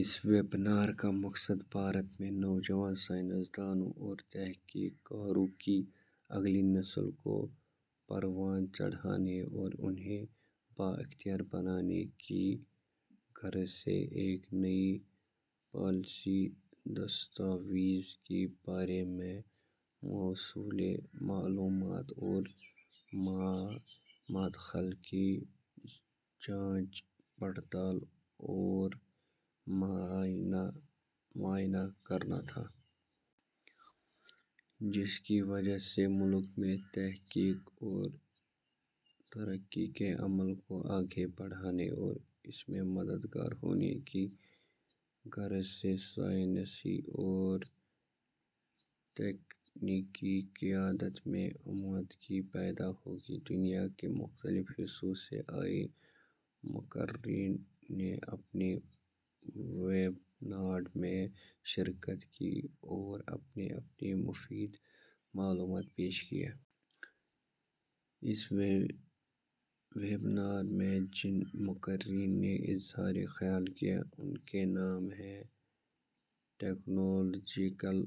اس webinar کا مقصد ، بھارت میں نوجوان سائنس دانوں اور تحقیق کاروں کی اگلی نسل کو پروان چڑھانے اور انھیں بااختیار بنانے کی غرض سے ایک نئی پالیسی دستاویز کے بارے میں موصولہ معلومات اور، مادخل کی جانچ پڑتال اورمعائنہ کرناتھا۔ جس کی وجہ سے ملک میں تحقیق اورترقی کے عمل کو آگے بڑھانے اور اس میں مددگار ہونے کی غرض سے سائنسی اورتکنیکی قیادت میں عمدگی پیداہوگی۔ دنیاکے مختلف حصوں سے آئے مقررین نے اس ویبنار میں شرکت کی اوراپنی اپنی مفید معلومات پیش کیں۔ اس ویبنار میں جن مقررین نے اظہار خیال کیا، ان کے نام ہیں ، ٹکنالوجیکل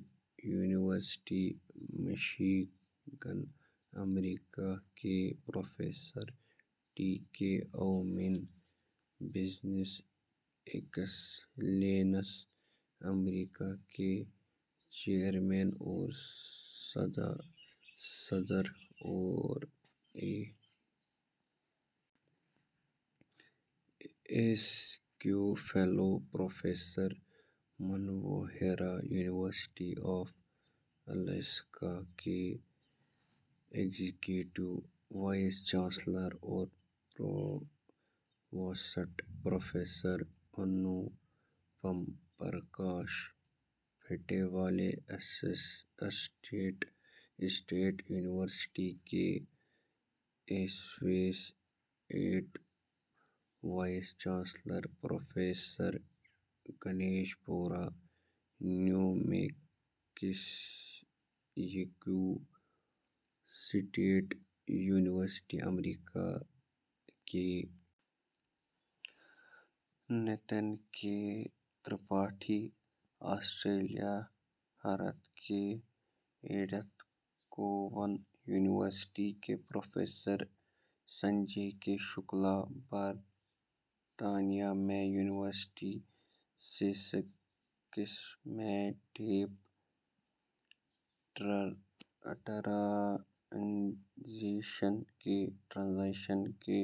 یونیورسٹی مشی گن امریکہ کے پروفیسر ٹی کے اومین ، بزنس ایکسی لینسی ، امریکہ کے chairman اورصدراوراے S Q fellow, professor منوووہرا، university of Alaska کے ایگزیکیٹو وائس چانسلر اور provost professor Anupam Prakash, fête ولے اسٹیٹ یونیورسٹی کے ایسوسی ایٹ وائس چانسلر پروفیسرگنیش بورا، نیومیکسیکواسٹیٹ یونیورسٹی امریکہ کے نتن کے ترپاٹھی ، آسٹریلیا، ہرتھ کی ایڈتھ کوون یونیورسٹی کے پروفیسر سنجے کے شکلا ، برطانیہ میں یونیورسٹی سیسکس میں ڈیپ ٹرانزیشن کے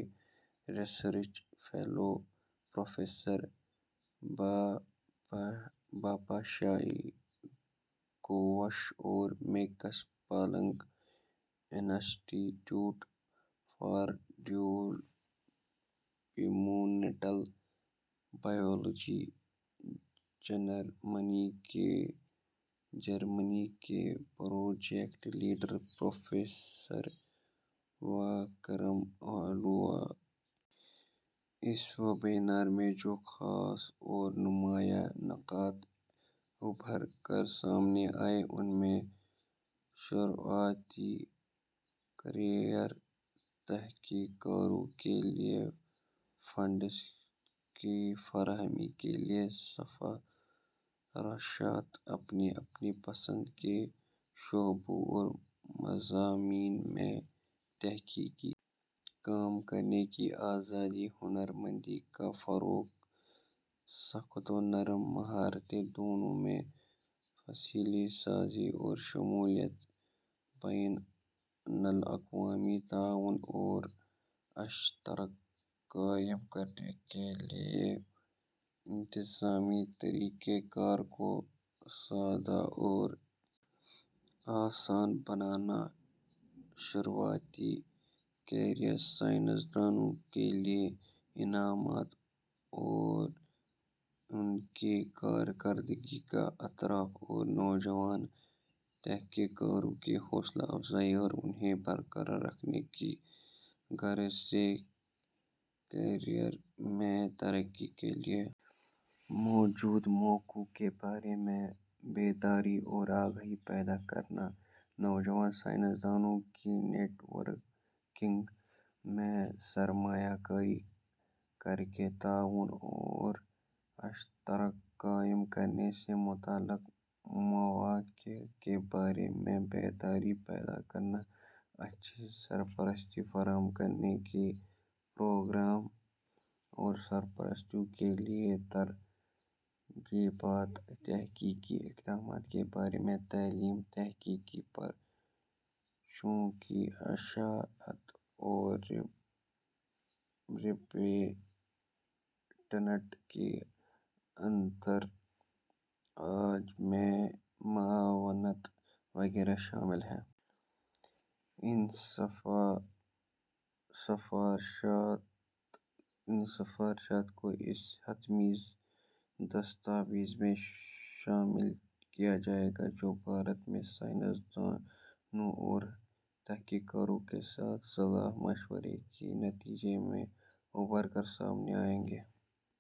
research fellow professor Bipashai Ghosh اورمیکس Planck Institute for Developmental biology, Germany کے project leader, professor Vikram Alva. اس ویبنار میں جوخاص اورنمایاں نکات ابھر کرسامنے آئے ان میں شروعاتی کریئر تحقیق کاروں کے لئے فنڈس کی فراہمی کے لئے سفارشات ، اپنی اپنی پسند کے شعبوں اور مضامین میں تحقیقی کام کرنے کی آزادی ، ہنرمندی کافروغ ، سخت اورنرم مہارتیں دونوں میں ، فیصلہ سازی میں شمولیت ، بین الاقوامی تعاون اوراشتراک قائم کرنے کے لئے انتظامی طریق کار کو سادہ اور آسان بنانا، شروعاتی کریئر سائنس دانوں کے لئے انعامات اوران کی کارکردگی کا اعتراف ، اور نوجوان تحقیق کاروں کی حوصلہ افزائی اور انھیں برقراررکھنے کی غرض سے ، کریئرمیں ترقی کے لئے موجود مواقع کے بارے میں بیداری اورآگہی پیداکرنا ، نوجوان سائنس دانوں کی نیٹ ورکنگ میں سرمایہ کاری کرکے ، تعاون اوراشتراک قائم کرنے سے متعلق مواقع کے بارے میں بیداری پیداکرنا ، اچھی سرپرستی فراہم کرنے کے پروگرام اورسرپرستوں کے لئے ترغیبات ، تحقیقی اقدامات کے بارے میں تعلیم ، تحقیقی پرچوں کی اشاعت اورپیٹنٹ کے اندراج میں معاونت وغیرہ شامل ہیں۔ ان سفارشات کو اس حتمی دستاویز میں شامل کیاجائے گا جو بھارت میں سائنس دانوں اورتحقیق کاروں کے ساتھ صلاح ومشورے کے نتیجے میں ابھرکرسامنے آئیں گی۔